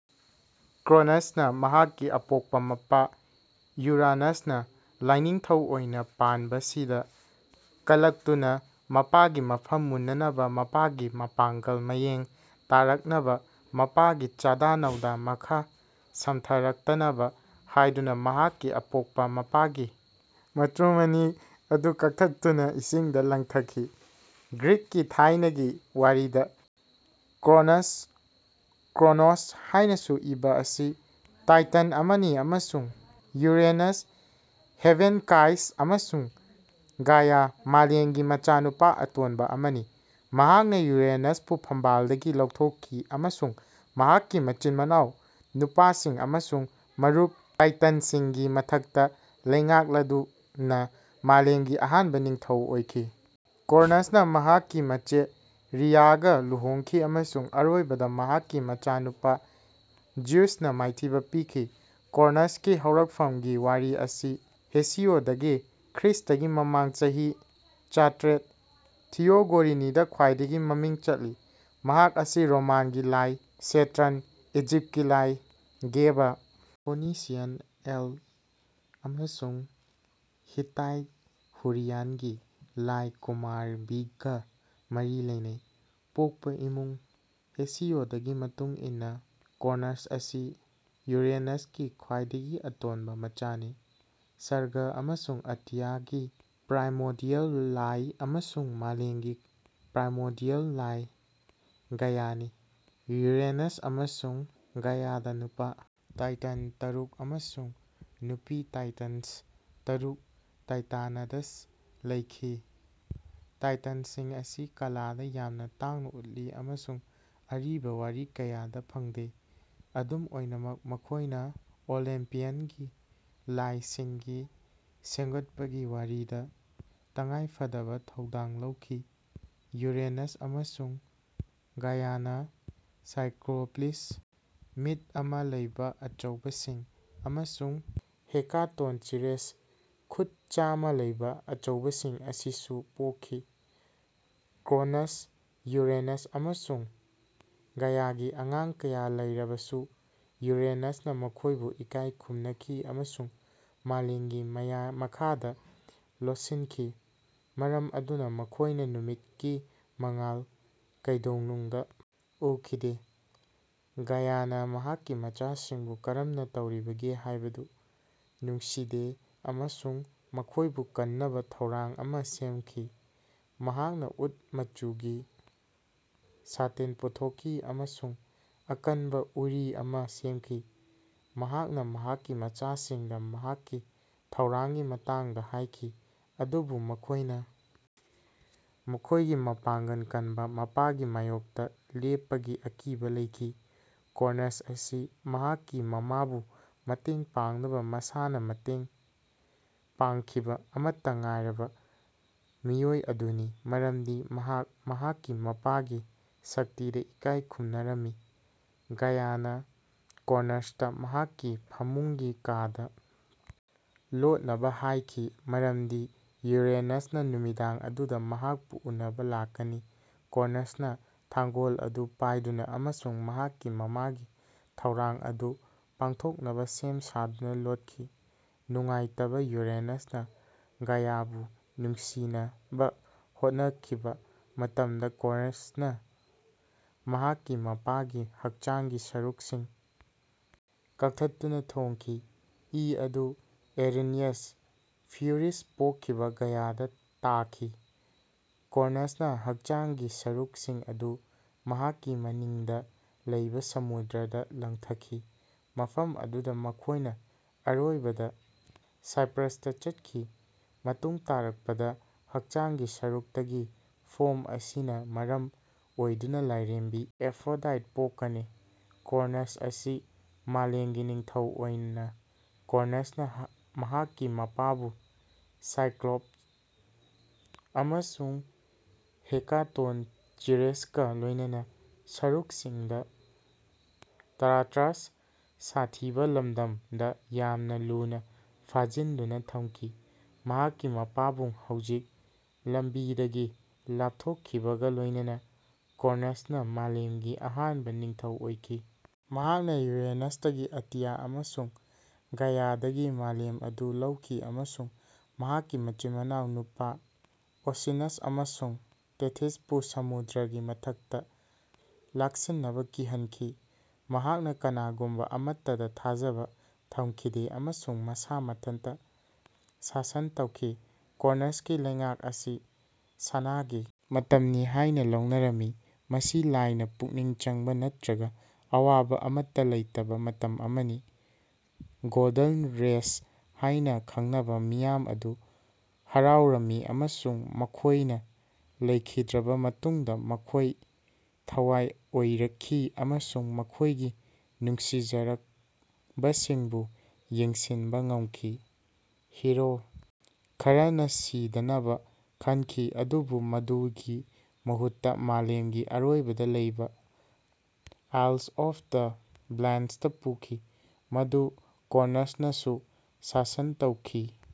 ꯀ꯭ꯔꯣꯅꯁꯅ ꯃꯍꯥꯛꯀꯤ ꯑꯄꯣꯛꯄ ꯃꯄꯥ ꯌꯨꯔꯥꯅꯁꯅ ꯂꯥꯢꯅꯤꯡꯊꯧ ꯑꯣꯢꯅ ꯄꯥꯟꯕꯁꯤꯗ ꯀꯂꯛꯇꯨꯅ ꯃꯄꯥꯒꯤ ꯃꯐꯝ ꯃꯨꯟꯅꯅꯕ ꯃꯄꯥꯒꯤ ꯃꯄꯥꯡꯒꯜ ꯃꯌꯦꯡ ꯇꯥꯔꯛꯅꯕ ꯃꯄꯥꯒꯤ ꯆꯥꯗꯥ-ꯅꯥꯎꯗꯥ ꯃꯈꯥ ꯁꯝꯊꯔꯛꯇꯅꯕ ꯍꯥꯢꯗꯨꯅ ꯃꯍꯥꯛꯀꯤ ꯑꯄꯣꯛꯄ ꯃꯄꯥꯒꯤ ꯃꯇꯨꯔꯨꯝ ꯑꯅꯤ ꯑꯗꯨ ꯀꯛꯊꯠꯇꯨꯅ ꯏꯁꯤꯡꯗ ꯂꯪꯊꯈꯤ꯫ ꯒ꯭ꯔꯤꯛꯀꯤ ꯊꯥꯏꯅꯒꯤ ꯋꯥꯔꯤꯗ, ꯀ꯭ꯔꯣꯅꯁ (ꯀ꯭ꯔꯣꯅꯣꯁ ꯍꯥꯏꯅꯁꯨ ꯏꯕ) ꯑꯁꯤ ꯇꯥꯏꯇꯟ ꯑꯃꯅꯤ ꯑꯃꯁꯨꯡ ꯌꯨꯔꯦꯅꯁ (ꯍꯦꯚꯦꯟꯁ꯭ꯀꯥꯏ) ꯑꯃꯁꯨꯡ ꯒꯥꯏꯌꯥ (ꯃꯥꯂꯦꯝ)ꯒꯤ ꯃꯆꯥꯅꯨꯄꯥ ꯑꯇꯣꯟꯕ ꯑꯃꯅꯤ꯫ ꯃꯍꯥꯛꯅ ꯌꯨꯔꯦꯅꯁꯄꯨ ꯐꯝꯕꯥꯜꯗꯒꯤ ꯂꯧꯊꯣꯛꯈꯤ ꯑꯃꯁꯨꯡ ꯃꯍꯥꯛꯀꯤ ꯃꯆꯤꯟ-ꯃꯅꯥꯎ ꯅꯨꯄꯥꯁꯤꯡ ꯑꯃꯁꯨꯡ ꯃꯔꯨꯞ ꯇꯥꯏꯇꯟꯁꯤꯡꯒꯤ ꯃꯊꯛꯇ ꯂꯩꯉꯥꯛꯂꯗꯨꯅ ꯃꯥꯂꯦꯝꯒꯤ ꯑꯍꯥꯟꯕ ꯅꯤꯡꯊꯧ ꯑꯣꯏꯈꯤ꯫ ꯀ꯭ꯔꯣꯅꯁꯅ ꯃꯍꯥꯛꯀꯤ ꯃꯆꯦ ꯔꯤꯌꯥꯒ ꯂꯨꯍꯣꯡꯈꯤ ꯑꯃꯁꯨꯡ ꯑꯔꯣꯏꯕꯗ ꯃꯍꯥꯛꯀꯤ ꯃꯆꯥꯅꯨꯄꯥ ꯖ꯭ꯌꯨꯁꯅ ꯃꯥꯏꯊꯤꯕ ꯄꯤꯈꯤ꯫ ꯀ꯭ꯔꯣꯅꯁꯀꯤ ꯍꯧꯔꯛꯐꯝꯒꯤ ꯋꯥꯔꯤ ꯑꯁꯤ ꯍꯦꯁꯤꯑꯣꯗꯀꯤ (ꯈ꯭ꯔꯤꯁ꯭ꯇꯒꯤ ꯃꯃꯥꯡ ꯆꯍꯤ ꯆꯥꯇ꯭ꯔꯦꯠ) ꯊꯤꯌꯣꯒꯣꯅꯤꯗ ꯈ꯭ꯋꯥꯏꯗꯒꯤ ꯃꯃꯤꯡ ꯆꯠꯂꯤ꯫ ꯃꯍꯥꯛ ꯑꯁꯤ ꯔꯣꯃꯥꯟꯒꯤ ꯂꯥꯏ ꯁꯦꯇꯔꯟ, ꯏꯖꯤꯞꯀꯤ ꯂꯥꯏ ꯒꯦꯕ, ꯐꯣꯏꯅꯤꯁꯤꯌꯥꯟ ꯑꯦꯜ, ꯑꯃꯁꯨꯡ ꯍꯤꯠꯇꯥꯏꯠꯍꯨꯔꯤꯌꯟꯒꯤ ꯂꯥꯏ ꯀꯨꯃꯥꯔꯕꯤꯒ ꯃꯔꯤ ꯂꯩꯅꯩ꯫ ꯄꯣꯛꯄ ꯏꯃꯨꯡ ꯍꯦꯁꯤꯌꯣꯗꯀꯤ ꯃꯇꯨꯡ ꯏꯟꯅ ꯀ꯭ꯔꯣꯅꯁ ꯑꯁꯤ ꯌꯨꯔꯦꯅꯁꯀꯤ ꯈ꯭ꯋꯥꯏꯗꯒꯤ ꯑꯇꯣꯟꯕ ꯃꯆꯥꯅꯤ, ꯁꯔꯒ ꯑꯃꯁꯨꯡ ꯑꯇꯤꯌꯥꯒꯤ ꯄ꯭ꯔꯥꯏꯃꯣꯔꯗꯤꯌꯦꯜ ꯂꯥꯏ, ꯑꯃꯁꯨꯡ ꯃꯥꯂꯦꯝꯒꯤ ꯄ꯭ꯔꯥꯏꯃꯣꯔꯗꯤꯌꯦꯜ ꯂꯥꯏ ꯒꯥꯏꯌꯥꯅꯤ꯫ ꯌꯨꯔꯦꯅꯁ ꯑꯃꯁꯨꯡ ꯒꯥꯏꯌꯥꯗ ꯅꯨꯄꯥ ꯇꯥꯏꯇꯟ ꯇꯔꯨꯛ ꯑꯃꯁꯨꯡ ꯅꯨꯄꯤ ꯇꯥꯏꯇꯟꯁ ꯇꯔꯨꯛ (ꯇꯥꯏꯇꯥꯅꯥꯏꯗꯁ) ꯂꯩꯈꯤ꯫ ꯇꯥꯏꯇꯟꯁꯤꯡ ꯑꯁꯤ ꯀꯂꯥꯗ ꯌꯥꯝꯅ ꯇꯥꯡꯅ ꯎꯠꯂꯤ ꯑꯃꯁꯨꯡ ꯑꯔꯤꯕ ꯋꯥꯔꯤ ꯀꯌꯥꯗ ꯐꯪꯗꯦ꯫ ꯑꯗꯨꯝ ꯑꯣꯏꯅꯃꯛ ꯃꯈꯣꯏꯅ ꯑꯣꯂꯤꯝꯄꯤꯌꯟꯒꯤ ꯂꯥꯏꯁꯤꯡꯒꯤ ꯁꯦꯝꯒꯠꯄꯒꯤ ꯋꯥꯔꯤꯗ ꯇꯉꯥꯏꯐꯗꯕ ꯊꯧꯗꯥꯡ ꯂꯧꯈꯤ꯫ ꯌꯨꯔꯦꯅꯁ ꯑꯃꯁꯨꯡ ꯒꯥꯏꯌꯥꯅ ꯁꯥꯏꯀ꯭ꯂꯣꯄꯤꯁ (ꯃꯤꯠ ꯑꯃ ꯂꯩꯕ ꯑꯆꯧꯕꯁꯤꯡ) ꯑꯃꯁꯨꯡ ꯍꯦꯀꯥꯇꯣꯟꯆꯤꯔꯦꯁ (ꯈꯨꯠ ꯆꯥꯝꯃ ꯂꯩꯕ ꯑꯆꯧꯕꯁꯤꯡ) ꯑꯁꯤꯁꯨ ꯄꯣꯛꯈꯤ꯫ ꯀ꯭ꯔꯣꯅꯁ, ꯌꯨꯔꯦꯅꯁ, ꯑꯃꯁꯨꯡ ꯒꯥꯏꯌꯥꯒꯤ ꯑꯉꯥꯡ ꯀꯌꯥ ꯂꯩꯔꯕꯁꯨ ꯌꯨꯔꯦꯅꯁꯅ ꯃꯈꯣꯏꯕꯨ ꯏꯀꯥꯏ ꯈꯨꯝꯅꯈꯤ ꯑꯃꯁꯨꯡ ꯃꯥꯂꯦꯝꯒꯤ ꯃꯈꯥꯗ ꯂꯣꯠꯁꯤꯟꯈꯤ꯫ ꯃꯔꯝ ꯑꯗꯨꯅ ꯃꯈꯣꯏꯅ ꯅꯨꯃꯤꯠꯀꯤ ꯃꯉꯥꯜ ꯀꯩꯗꯧꯅꯨꯡꯗ ꯎꯈꯤꯗꯦ꯫ ꯒꯥꯏꯌꯥꯅ ꯃꯍꯥꯛꯀꯤ ꯃꯆꯥꯁꯤꯡꯕꯨ ꯀꯔꯝꯅ ꯇꯧꯔꯤꯕꯒꯦ ꯍꯥꯏꯕꯗꯨ ꯅꯨꯡꯁꯤꯗꯦ ꯑꯃꯁꯨꯡ ꯃꯈꯣꯏꯕꯨ ꯀꯟꯅꯕ ꯊꯧꯔꯥꯡ ꯑꯃ ꯁꯦꯝꯈꯤ꯫ ꯃꯍꯥꯛꯅ ꯎꯠ ꯃꯆꯨꯒꯤ ꯁ꯭ꯇꯤꯜ ꯄꯨꯊꯣꯛꯈꯤ ꯑꯃꯁꯨꯡ ꯑꯀꯟꯕ ꯎꯔꯤ ꯑꯃ ꯁꯦꯝꯈꯤ꯫ ꯃꯍꯥꯛꯅ ꯃꯍꯥꯛꯀꯤ ꯃꯆꯥꯁꯤꯡꯗ ꯃꯍꯥꯛꯀꯤ ꯊꯧꯔꯥꯡꯒꯤ ꯃꯇꯥꯡꯗ ꯍꯥꯏꯈꯤ, ꯑꯗꯨꯕꯨ ꯃꯈꯣꯏꯅ ꯃꯈꯣꯏꯒꯤ ꯃꯄꯥꯡꯒꯜ ꯀꯟꯕ ꯃꯄꯥꯒꯤ ꯃꯥꯌꯣꯛꯇ ꯂꯦꯞꯄꯒꯤ ꯑꯀꯤꯕ ꯂꯩꯈꯤ꯫ ꯀ꯭ꯔꯣꯅꯁ ꯑꯁꯤ ꯃꯍꯥꯛꯀꯤ ꯃꯃꯥꯕꯨ ꯃꯇꯦꯡ ꯄꯥꯡꯅꯕ ꯃꯁꯥꯅ ꯃꯇꯦꯡ ꯄꯥꯡꯈꯤꯕ ꯑꯃꯠꯇ ꯉꯥꯏꯔꯕ ꯃꯤꯑꯣꯏ ꯑꯗꯨꯅꯤ, ꯃꯔꯝꯗꯤ ꯃꯍꯥꯛ ꯃꯍꯥꯛꯀꯤ ꯃꯄꯥꯒꯤ ꯁꯛꯇꯤꯗ ꯏꯀꯥꯏ ꯈꯨꯝꯅꯔꯝꯃꯤ꯫ ꯒꯥꯏꯌꯥꯅ ꯀ꯭ꯔꯣꯅꯁꯇ ꯃꯍꯥꯛꯀꯤ ꯐꯃꯨꯡꯒꯤ ꯀꯥꯗ ꯂꯣꯠꯅꯕ ꯍꯥꯏꯈꯤ ꯃꯔꯝꯗꯤ ꯌꯨꯔꯦꯅꯁꯅ ꯅꯨꯃꯤꯗꯥꯡ ꯑꯗꯨꯗ ꯃꯍꯥꯛꯄꯨ ꯎꯅꯕ ꯂꯥꯛꯀꯅꯤ꯫ ꯀ꯭ꯔꯣꯅꯁꯅ ꯊꯥꯡꯒꯣꯜ ꯑꯗꯨ ꯄꯥꯏꯗꯨꯅ ꯑꯃꯁꯨꯡ ꯃꯍꯥꯛꯀꯤ ꯃꯃꯥꯒꯤ ꯊꯧꯔꯥꯡ ꯑꯗꯨ ꯄꯥꯡꯊꯣꯛꯅꯕ ꯁꯦꯝ ꯁꯥꯗꯨꯅ ꯂꯣꯠꯈꯤ꯫ ꯅꯨꯡꯉꯥꯏꯇꯕ ꯌꯨꯔꯦꯅꯁꯅ ꯒꯥꯏꯌꯥꯕꯨ ꯅꯨꯡꯁꯤꯅꯕ ꯍꯣꯠꯅꯈꯤꯕ ꯃꯇꯝꯗ, ꯀ꯭ꯔꯣꯅꯁꯅ ꯃꯍꯥꯛꯀꯤ ꯃꯄꯥꯒꯤ ꯍꯛꯆꯥꯡꯒꯤ ꯁꯔꯨꯛꯁꯤꯡ ꯀꯛꯊꯠꯇꯨꯅ ꯊꯣꯝꯈꯤ꯫ ꯏ ꯑꯗꯨ ꯑꯦꯔꯤꯟꯌꯦꯁ (ꯐ꯭ꯌꯨꯔꯤꯁ) ꯄꯣꯛꯈꯤꯕ ꯒꯥꯏꯌꯥꯗ ꯇꯥꯈꯤ꯫ ꯀ꯭ꯔꯣꯅꯁꯅ ꯍꯛꯆꯥꯡꯒꯤ ꯁꯔꯨꯛꯁꯤꯡ ꯑꯗꯨ ꯃꯍꯥꯛꯀꯤ ꯃꯅꯤꯡꯗ ꯂꯩꯕ ꯁꯃꯨꯗ꯭ꯔꯗ ꯂꯪꯊꯈꯤ, ꯃꯐꯝ ꯑꯗꯨꯗ ꯃꯈꯣꯏꯅ ꯑꯔꯣꯏꯕꯗ ꯁꯥꯏꯄ꯭ꯔꯁꯇ ꯆꯠꯈꯤ꯫ ꯃꯇꯨꯡ ꯇꯥꯔꯛꯄꯗ ꯍꯛꯆꯥꯡꯒꯤ ꯁꯔꯨꯛꯇꯒꯤ ꯐꯣꯝ ꯑꯁꯤꯅ ꯃꯔꯝ ꯑꯣꯏꯗꯨꯅ ꯂꯥꯏꯔꯦꯝꯕꯤ ꯑꯦꯐ꯭ꯔꯣꯗꯥꯏꯠ ꯄꯣꯛꯀꯅꯤ꯫ ꯀ꯭ꯔꯣꯅꯁ ꯑꯁꯤ ꯃꯥꯂꯦꯝꯒꯤ ꯅꯤꯡꯊꯧ ꯑꯣꯏꯅ ꯀ꯭ꯔꯣꯅꯁꯅ ꯃꯍꯥꯛꯀꯤ ꯃꯄꯥꯕꯨ ꯁꯥꯏꯀ꯭ꯂꯣꯞꯁ ꯑꯃꯁꯨꯡ ꯍꯦꯀꯥꯇꯣꯟꯆꯤꯔꯦꯁꯀ ꯂꯣꯏꯅꯅ ꯁꯨꯔꯨꯡꯁꯤꯡꯗ ꯇꯥꯔꯇꯥꯔꯁ (ꯁꯥꯊꯤꯕ ꯂꯝꯗꯝ)ꯗ ꯌꯥꯝꯅ ꯂꯨꯅ ꯐꯥꯖꯤꯟꯗꯨꯅ ꯊꯝꯈꯤ꯫ ꯃꯍꯥꯛꯀꯤ ꯃꯄꯥꯕꯨꯡ ꯍꯧꯖꯤꯛ ꯂꯝꯕꯤꯗꯒꯤ ꯂꯥꯞꯊꯣꯛꯈꯤꯕꯒ ꯂꯣꯏꯅꯅ, ꯀ꯭ꯔꯣꯅꯁꯅ ꯃꯥꯂꯦꯝꯒꯤ ꯑꯍꯥꯟꯕ ꯅꯤꯡꯊꯧ ꯑꯣꯏꯈꯤ꯫ ꯃꯍꯥꯛꯅ ꯌꯨꯔꯦꯅꯁꯇꯒꯤ ꯑꯇꯤꯌꯥ ꯑꯃꯁꯨꯡ ꯒꯥꯏꯌꯥꯗꯒꯤ ꯃꯥꯂꯦꯝ ꯑꯗꯨ ꯂꯧꯈꯤ ꯑꯃꯁꯨꯡ ꯃꯍꯥꯛꯀꯤ ꯃꯆꯤꯟ-ꯃꯅꯥꯎ ꯅꯨꯄꯥ ꯑꯣꯁꯤꯅꯁ ꯑꯃꯁꯨꯡ ꯇꯦꯊꯤꯁꯄꯨ ꯁꯃꯨꯗ꯭ꯔꯒꯤ ꯃꯊꯛꯇ ꯂꯥꯛꯁꯤꯟꯅꯕ ꯀꯤꯍꯟꯈꯤ꯫ ꯃꯍꯥꯛꯅ ꯀꯅꯥꯒꯨꯝꯕ ꯑꯃꯠꯇꯗ ꯊꯥꯖꯕ ꯊꯝꯈꯤꯗꯦ ꯑꯃꯁꯨꯡ ꯃꯁꯥ ꯃꯊꯟꯇ ꯁꯥꯁꯟ ꯇꯧꯈꯤ꯫ ꯀ꯭ꯔꯣꯅꯁꯀꯤ ꯂꯩꯉꯥꯛ ꯑꯁꯤ ꯁꯅꯥꯒꯤ ꯃꯇꯝ ꯍꯥꯏꯅ ꯂꯧꯅꯔꯝꯃꯤ꯫ ꯃꯁꯤ ꯂꯥꯏꯅ ꯄꯨꯛꯅꯤꯡ ꯆꯪꯕ ꯅꯠꯇ꯭ꯔꯒ ꯑꯋꯥꯕ ꯑꯃꯠꯇ ꯂꯩꯇꯕ ꯃꯇꯝ ꯑꯃꯅꯤ꯫ ꯒꯣꯜꯗꯟ ꯔꯦꯁ ꯍꯥꯏꯅ ꯈꯪꯅꯕ ꯃꯤꯌꯥꯝ ꯑꯗꯨ ꯍꯔꯥꯎꯔꯝꯃꯤ ꯑꯃꯁꯨꯡ ꯃꯈꯣꯏꯅ ꯂꯩꯈꯤꯗ꯭ꯔꯕ ꯃꯇꯨꯡꯗ ꯃꯈꯣꯏ ꯊꯋꯥꯏ ꯑꯣꯏꯔꯛꯈꯤ ꯑꯃꯁꯨꯡ ꯃꯈꯣꯏꯒꯤ ꯅꯨꯡꯁꯤꯖꯔꯕꯁꯤꯡꯕꯨ ꯌꯦꯡꯁꯤꯟꯕ ꯉꯝꯈꯤ꯫ ꯍꯤꯔꯣ ꯈꯔꯅ ꯁꯤꯗꯅꯕ ꯈꯟꯈꯤ ꯑꯗꯨꯕꯨ ꯃꯗꯨꯒꯤ ꯃꯍꯨꯠꯇ ꯃꯥꯂꯦꯝꯒꯤ ꯑꯔꯣꯏꯕꯗ ꯂꯩꯕ ꯑꯥꯏꯜꯁ ꯑꯣꯐ ꯗ ꯕ꯭ꯂꯦꯁꯗ ꯄꯨꯈꯤ, ꯃꯗꯨ ꯀ꯭ꯔꯣꯅꯁꯅꯁꯨ ꯁꯥꯁꯟ ꯇꯧꯈꯤ꯫